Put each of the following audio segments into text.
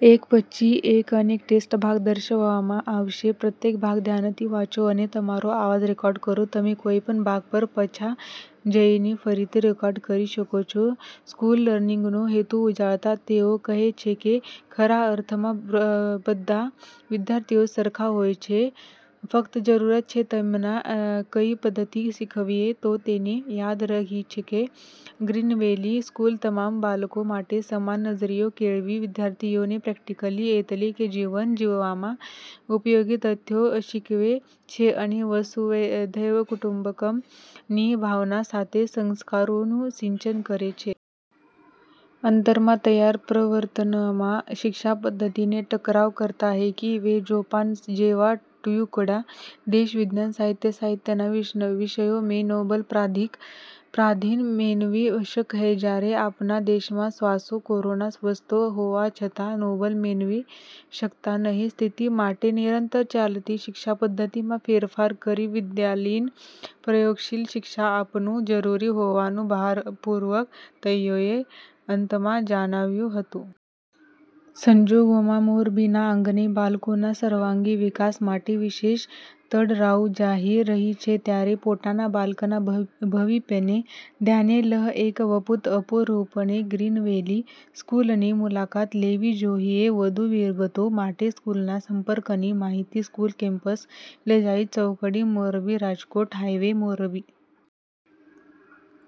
Slow લર્નરનો છેદ ઉડાવતા તેઓ કહે છે કે ખરા અર્થમાં બધાવિદ્યાર્થીઓ સરખા હોય છે ફક્ત જરૂરત છે તેમને કઈ પદ્ધતિથી શીખવીએ તો તેને યાદ રહી શકે, ગ્રીનવેલી સ્કૂલ તમામ બાળકો માટે સમાન નજરીયો કેળવી વિદ્યાર્થીઓને પ્રેક્ટિકલી એટલે કે જીવન જીવવામાં ઉપયોગી તથ્યો શીખવે છે અને વસુદૈવ કુટુંબકમની ભાવના સાથે સંસ્કારોનું સિંચન કરે છે. અંતમાં તેઓ પ્રવર્તમાન શિક્ષણ પધ્ધતિ અંગે ટકોર કરતા કહે છે કે જાપાન જેવા ટચુકડા દેશ વિજ્ઞાન સાહિત્ય સહિતના વિષયોમાં નોબેલ પ્રાઈઝ મેળવી શકે છે જ્યારે આપણા દેશમાં સવાસો કરોડની વસ્તી હોવા છતાં નોબલ મેળવી શકતા નથી, સ્થિતિ માટે નિરંતર ચાલતી શિક્ષણ પદ્ધતિમાં ફેરફાર કરી વિદ્યાર્થીને પ્રયોગશીલ શિક્ષણ આપવું જરૂરી હોવાનું ભારપૂર્વક તેઓએ અંતમાં જણાવ્યું હતું. સંજોગોમાં મોરબીના આંગણે બાળકોના સર્વાંગી વિકાસ માટે વિશેષ તક રાહ જોઈ રહી છે ત્યારે પોતાના બાળકના ભવિષ્યને ધ્યાને લઇ એક વખત અચૂકપણે ગ્રીનવેલી સ્કૂલની મુલાકાત લેવીજોઈએ વધુ વિગતો માટે સ્કૂલના સંપર્કની માહિતી. સ્કૂલ કેમ્પસ લજાઈ ચોકડી, Morbi Rajkot highway, Morbi.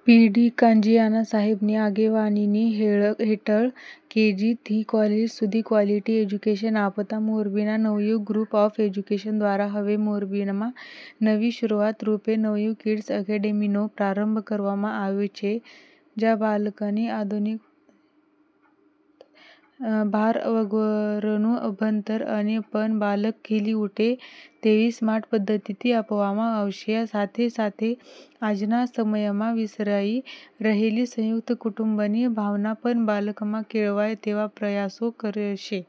P. D. Kanjiya સાહેબની આગેવાની હેઠળ કે. જી. થી કોલેજ સુધી ક્વોલિટી એજ્યુકેશન આપતા મોરબીના નવયુગ ગ્રુપ ઓફ એજ્યુકેશન દ્વારા હવે મોરબીમાં નવી શરૂઆત રૂપે નવયુગ કિડ્સ એકેડમીનો પ્રારંભ કરવામાં આવ્યો છે જયાં બાળકોને આધુનિક પદ્ધતિથી ભાર વગરનું ભણતર અનેપણ બાળક ખીલી ઉઠે તેવી સ્માર્ટ પદ્ધતિથી આપવામાં આવશે, સાથેસાથે આજના સમયમાં વિસરાઈ રહેલી સયુંકત કુટુંબની ભાવના પણ બાળકમાં કેળવાય તેવા પ્રયાસો કરાશે.